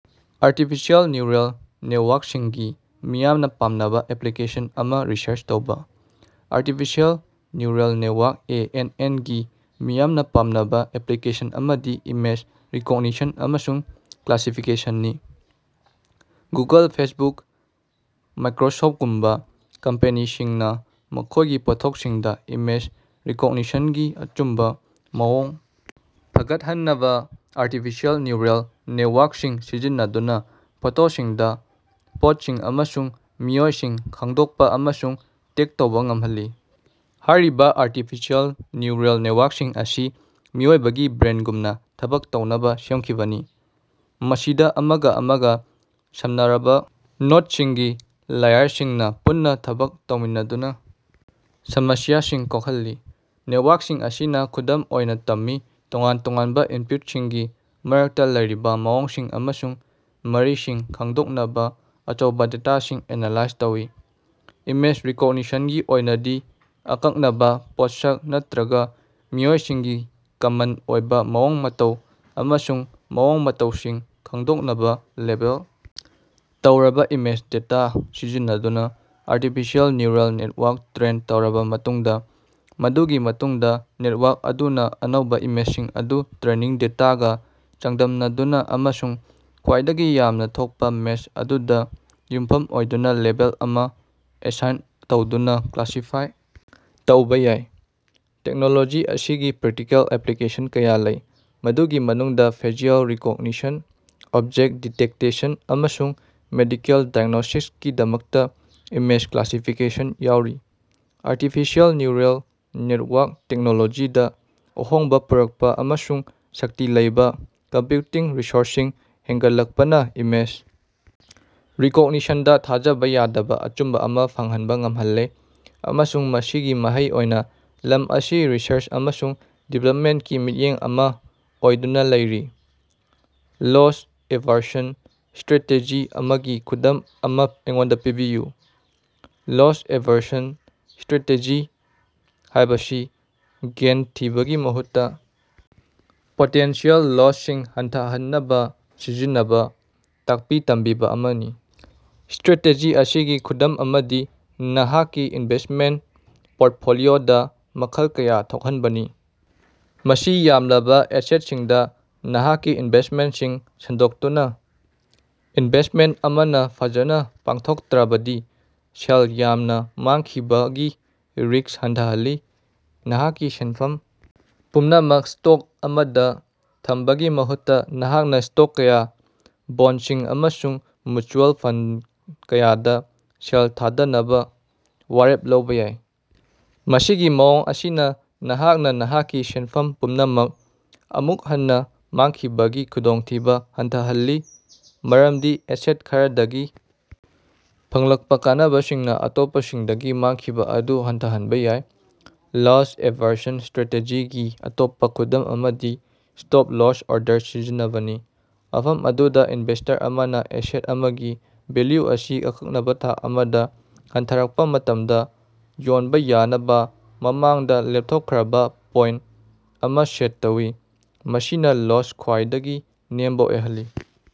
Artificial neural ꯅꯦꯠꯋꯥꯔꯛꯁꯤꯡꯒꯤ ꯃꯤꯌꯥꯝꯅ ꯄꯥꯝꯅꯕ ꯑꯦꯄ꯭ꯂꯤꯀꯦꯁꯟ ꯑꯃꯥ ꯔꯤꯁꯔꯆ ꯇꯧꯕ꯫ Artificial neural network (A. N. ꯑꯦꯟ.)ꯒꯤ ꯃꯤꯌꯥꯝꯅ ꯄꯥꯝꯅꯕ ꯑꯦꯄ꯭ꯂꯤꯀꯦꯁꯟ ꯑꯃꯗꯤ ꯏꯃꯦꯖ ꯔꯤꯀꯣꯒꯅꯤꯁꯟ ꯑꯃꯁꯨꯡ ꯀ꯭ꯂꯥꯁꯤꯐꯤꯀꯦꯁꯟꯅꯤ꯫ ꯒꯨꯒꯜ, ꯐꯦꯁꯕꯨꯛ, ꯃꯥꯏꯀ꯭ꯔꯣꯁꯣꯐꯇꯒꯨꯝꯕ ꯀꯝꯄꯦꯅꯤꯁꯤꯡꯅ ꯃꯈꯣꯏꯒꯤ ꯄꯣꯠꯊꯣꯛꯁꯤꯡꯗ ꯏꯃꯦꯖ ꯔꯤꯀꯣꯒꯅꯤꯁꯟꯒꯤ ꯑꯆꯨꯝꯕꯥ ꯃꯑꯣꯡ ꯐꯒꯠꯍꯟꯅꯕ ꯑꯥꯔꯇꯤꯐꯤꯁꯤꯑꯦꯜ ꯅ꯭ꯌꯨꯔꯜ ꯅꯦꯠꯋꯥꯔꯛꯁꯤꯡ ꯁꯤꯖꯤꯟꯅꯗꯨꯅ ꯐꯣꯇꯣꯁꯤꯡꯗ ꯄꯣꯠꯁꯤꯡ ꯑꯃꯁꯨꯡ ꯃꯤꯑꯣꯏꯁꯤꯡ ꯈꯪꯗꯣꯛꯄ ꯑꯃꯁꯨꯡ ꯇꯦꯒ ꯇꯧꯕ ꯉꯝꯍꯜꯂꯤ꯫ ꯍꯥꯏꯔꯤꯕ ꯑꯥꯔꯇꯤꯐꯤꯁꯤꯑꯦꯜ ꯅ꯭ꯌꯨꯔꯜ ꯅꯦꯇꯋꯥꯔꯛꯁꯤꯡ ꯑꯁꯤ ꯃꯤꯑꯣꯏꯕꯒꯤ ꯕ꯭ꯔꯦꯟꯒꯨꯝꯅ ꯊꯕꯛ ꯇꯧꯅꯕ ꯁꯦꯝꯈꯤꯕꯅꯤ, ꯃꯁꯤꯗ ꯑꯃꯒ ꯑꯃꯒ ꯁꯝꯅꯔꯕ ꯅꯣꯗꯁꯤꯡꯒꯤ ꯂꯦꯌꯔꯁꯤꯡꯅꯥ ꯄꯨꯟꯅ ꯊꯕꯛ ꯇꯧꯃꯤꯟꯅꯗꯨꯅꯥ ꯁꯃꯁ꯭ꯌꯥꯁꯤꯡ ꯀꯣꯛꯍꯜꯂꯤ꯫ ꯅꯦꯇꯋꯥꯔꯛꯁꯤꯡ ꯑꯁꯤꯅ ꯈꯨꯗꯝ ꯑꯣꯏꯅ ꯇꯝꯃꯤ, ꯇꯣꯉꯥꯟ-ꯇꯣꯉꯥꯟꯕ ꯏꯟꯄꯨꯠꯁꯤꯡꯒꯤ ꯃꯔꯛꯇ ꯂꯩꯔꯤꯕ ꯃꯑꯣꯡꯁꯤꯡ ꯑꯃꯁꯨꯡ ꯃꯔꯤꯁꯤꯡ ꯈꯪꯗꯣꯛꯅꯕ ꯑꯆꯧꯕ ꯗꯦꯇꯥꯁꯤꯡ ꯑꯦꯅꯥꯂꯥꯏꯖ ꯇꯧꯏ꯫ ꯏꯃꯦꯖ ꯔꯤꯀꯣꯒꯅꯤꯁꯟꯒꯤ ꯑꯣꯏꯅꯗꯤ, ꯑꯀꯛꯅꯕ ꯄꯣꯠꯁꯛ ꯅꯠꯇ꯭ꯔꯒ ꯃꯤꯑꯣꯏꯁꯤꯡꯒꯤ ꯀꯃꯟ ꯑꯣꯏꯕ ꯃꯑꯣꯡ-ꯃꯇꯧ ꯑꯃꯁꯨꯡ ꯃꯑꯣꯡ-ꯃꯇꯧꯁꯤꯡ ꯈꯪꯗꯣꯛꯅꯕ ꯂꯦꯕꯦꯜ ꯇꯧꯔꯕ ꯏꯃꯦꯖ ꯗꯦꯇꯥ ꯁꯤꯖꯤꯟꯅꯗꯨꯅ ꯑꯥꯔꯇꯤꯐꯤꯁꯤꯑꯦꯜ ꯅ꯭ꯋꯨꯔꯜ ꯅꯦꯠꯋꯥꯔꯛ ꯇ꯭ꯔꯦꯟ ꯇꯧꯔꯕ ꯃꯇꯨꯡꯗ, ꯃꯗꯨꯒꯤ ꯃꯇꯨꯡꯗ ꯅꯦꯠꯋꯥꯔꯛ ꯑꯗꯨꯅ ꯑꯅꯧꯕ ꯏꯃꯦꯖꯁꯤꯡ ꯑꯗꯨ ꯇ꯭ꯔꯦꯅꯤꯡ ꯗꯦꯇꯥꯒ ꯆꯥꯡꯗꯝꯅꯗꯨꯅ ꯑꯃꯁꯨꯡ ꯈ꯭ꯋꯥꯏꯗꯒꯤ ꯌꯥꯝꯅ ꯊꯣꯛꯄ ꯃꯦꯆ ꯑꯗꯨꯗ ꯌꯨꯝꯐꯝ ꯑꯣꯏꯗꯨꯅ ꯂꯦꯕꯦꯜ ꯑꯃ ꯑꯦꯁꯥꯏꯟ ꯇꯧꯗꯨꯅ ꯀ꯭ꯂꯥꯁꯤꯐꯥꯏ ꯇꯧꯕ ꯌꯥꯏ꯫ ꯇꯦꯛꯅꯣꯂꯣꯖꯤ ꯑꯁꯤꯒꯤ ꯄ꯭ꯔꯦꯛꯇꯤꯀꯦꯜ ꯑꯦꯄ꯭ꯂꯤꯀꯦꯁꯟ ꯀꯌꯥ ꯂꯩ, ꯃꯗꯨꯒꯤ ꯃꯅꯨꯡꯗ ꯐꯦꯁꯤꯑꯦꯜ ꯔꯤꯀꯣꯒꯅꯤꯁꯟ, ꯑꯣꯕꯖꯦꯛꯇ ꯗꯤꯇꯦꯛꯇꯦꯁꯟ, ꯑꯃꯁꯨꯡ ꯃꯦꯗꯤꯀꯦꯜ ꯗꯥꯏꯒ꯭ꯅꯣꯁꯤꯁꯀꯤꯗꯃꯛꯇꯥ ꯏꯃꯦꯖ ꯀ꯭ꯂꯥꯁꯤꯐꯤꯀꯦꯁꯟ ꯌꯥꯎꯔꯤ꯫ ꯑꯥꯔꯇꯤꯐꯤꯁꯤꯑꯦꯜ ꯅ꯭ꯌꯨꯔꯜ ꯅꯦꯇꯋꯥꯔꯛ ꯇꯦꯛꯅꯣꯂꯣꯖꯤꯗ ꯑꯍꯣꯡꯕ ꯄꯨꯔꯛꯄ ꯑꯃꯁꯨꯡ ꯁꯛꯇꯤ ꯂꯩꯕ ꯀꯝꯄ꯭ꯌꯨꯇꯤꯡ ꯔꯤꯁꯣꯔꯁꯁꯤꯡ ꯍꯦꯟꯒꯠꯂꯛꯄꯅ ꯏꯃꯦꯖ ꯔꯤꯀꯣꯒꯅꯤꯁꯟꯗ ꯊꯥꯖꯕ ꯌꯥꯗꯕ ꯑꯆꯨꯝꯕ ꯑꯃꯥ ꯐꯪꯍꯟꯕ ꯉꯝꯍꯜꯂꯦ, ꯑꯃꯁꯨꯡ ꯃꯁꯤꯒꯤ ꯃꯍꯩ ꯑꯣꯏꯅ ꯂꯝ ꯑꯁꯤ ꯔꯤꯁꯔꯆ ꯑꯃꯁꯨꯡ ꯗꯤꯕꯦꯂꯞꯃꯦꯟꯇꯀꯤ ꯃꯤꯠꯌꯦꯡ ꯑꯃ ꯑꯣꯏꯗꯨꯅ ꯂꯩꯔꯤ꯫ ꯂꯣꯁ-ꯑꯦꯚꯥꯔꯁꯟ ꯁꯇ꯭ꯔꯦꯇꯦꯖꯤ ꯑꯃꯒꯤ ꯈꯨꯗꯝ ꯑꯃ ꯑꯩꯉꯣꯟꯗ ꯄꯤꯕꯤꯌꯨ꯫ ꯂꯣꯁ-ꯑꯦꯚꯔꯁꯟ ꯁ꯭ꯠꯔꯥꯇꯦꯖꯤ ꯍꯥꯏꯕꯁꯤ ꯒꯦꯏꯟ ꯊꯤꯕꯒꯤ ꯃꯍꯨꯠꯇ ꯄꯣꯇꯦꯟꯁꯤꯑꯦꯜ ꯂꯣꯁꯁꯤꯡ ꯍꯟꯊꯍꯟꯅꯕ ꯁꯤꯖꯤꯟꯅꯕ ꯇꯥꯛꯄꯤ-ꯇꯝꯕꯤꯕ ꯑꯃꯅꯤ꯫ ꯁ꯭ꯠꯔꯦꯇꯦꯖꯤ ꯑꯁꯤꯒꯤ ꯈꯨꯗꯝ ꯑꯃꯗꯤ ꯅꯍꯥꯛꯀꯤ ꯏꯟꯚꯦꯁ꯭ꯇꯃꯦꯟꯇ ꯄꯣꯔꯠꯐꯣꯂꯤꯑꯣꯗꯥ ꯃꯈꯜ ꯀꯌ ꯊꯣꯛꯍꯟꯕꯅꯤ꯫ ꯃꯁꯤꯡ ꯌꯥꯝꯂꯕ ꯑꯦꯁꯦꯠꯁꯤꯡꯗ ꯅꯍꯥꯛꯀꯤ ꯏꯟꯚꯦꯁ꯭ꯇꯃꯦꯟꯇꯁꯤꯡ ꯁꯟꯗꯣꯛꯇꯨꯅ, ꯏꯟꯚꯦꯁ꯭ꯇꯃꯦꯟꯇ ꯑꯃꯅꯥ ꯐꯖꯅ ꯄꯥꯡꯊꯣꯛꯇ꯭ꯔꯕꯗꯤ ꯁꯦꯜ ꯌꯥꯝꯅ ꯃꯥꯡꯈꯤꯕꯒꯤ ꯔꯤꯛꯁ ꯍꯟꯊꯍꯜꯂꯤ꯫ ꯅꯍꯥꯛꯀꯤ ꯁꯦꯟꯐꯝ ꯄꯨꯝꯅꯃꯛ ꯁ꯭ꯇꯣꯛ ꯑꯃꯗ ꯊꯝꯕꯒꯤ ꯃꯍꯨꯠꯇ, ꯅꯍꯥꯛꯅ ꯁ꯭ꯇꯣꯛ ꯀꯌ, ꯕꯣꯟꯗꯁꯤꯡ ꯑꯃꯁꯨꯡ ꯃ꯭ꯌꯨꯆꯨꯑꯦꯜ ꯐꯟꯗ ꯀꯌꯥꯗ ꯁꯦꯜ ꯊꯥꯗꯅꯕ ꯋꯥꯔꯦꯞ ꯂꯧꯕ ꯌꯥꯏ꯫ ꯃꯁꯤꯒꯤ ꯃꯑꯣꯡ ꯑꯁꯤꯅ ꯅꯍꯥꯛꯅꯥ ꯅꯍꯥꯛꯀꯤ ꯁꯦꯟꯐꯝ ꯄꯨꯝꯅꯃꯛ ꯑꯃꯨꯛ ꯍꯟꯅ ꯃꯥꯡꯈꯤꯕꯒꯤ ꯈꯨꯗꯣꯡꯊꯤꯕ ꯍꯟꯊꯍꯜꯂꯤ ꯃꯔꯝꯗꯤ ꯑꯦꯁꯦꯠ ꯈꯔꯗꯒꯤ ꯐꯪꯂꯛꯄ ꯀꯥꯟꯅꯕꯁꯤꯡꯅ ꯑꯇꯣꯞꯄꯁꯤꯡꯗꯒꯤ ꯃꯥꯡꯈꯤꯕ ꯑꯗꯨ ꯍꯟꯊꯍꯟꯕ ꯌꯥꯏ꯫ ꯂꯣꯁ-ꯑꯦꯚꯥꯔꯁꯟ ꯁ꯭ꯠꯔꯦꯇꯦꯖꯤꯒꯤ ꯑꯇꯣꯞꯄ ꯈꯨꯗꯝ ꯑꯃꯗꯤ ꯏꯁꯇꯣꯞ-ꯂꯣꯁ ꯑꯣꯔꯗꯔ ꯁꯤꯖꯤꯟꯅꯕꯅꯤ, ꯃꯐꯝ ꯑꯗꯨꯗ ꯏꯟꯚꯦꯁꯇꯔ ꯑꯃꯅ ꯑꯦꯁꯦꯠ ꯑꯃꯒꯤ ꯚꯦꯜꯌꯨ ꯑꯁꯤ ꯑꯀꯛꯅꯕ ꯊꯥꯛ ꯑꯃꯗꯥ ꯍꯟꯊꯔꯛꯄ ꯃꯇꯝꯗ ꯌꯣꯟꯕ ꯌꯥꯅꯕ ꯃꯃꯥꯡꯗ ꯂꯦꯞꯊꯣꯛꯈ꯭ꯔꯕ ꯄꯣꯏꯟꯇ ꯑꯃ ꯁꯦꯠ ꯇꯧꯏ, ꯃꯁꯤꯅ ꯂꯣꯁ ꯈ꯭ꯋꯥꯏꯗꯒꯤ ꯅꯦꯝꯕ ꯑꯣꯏꯍꯜꯂꯤ꯫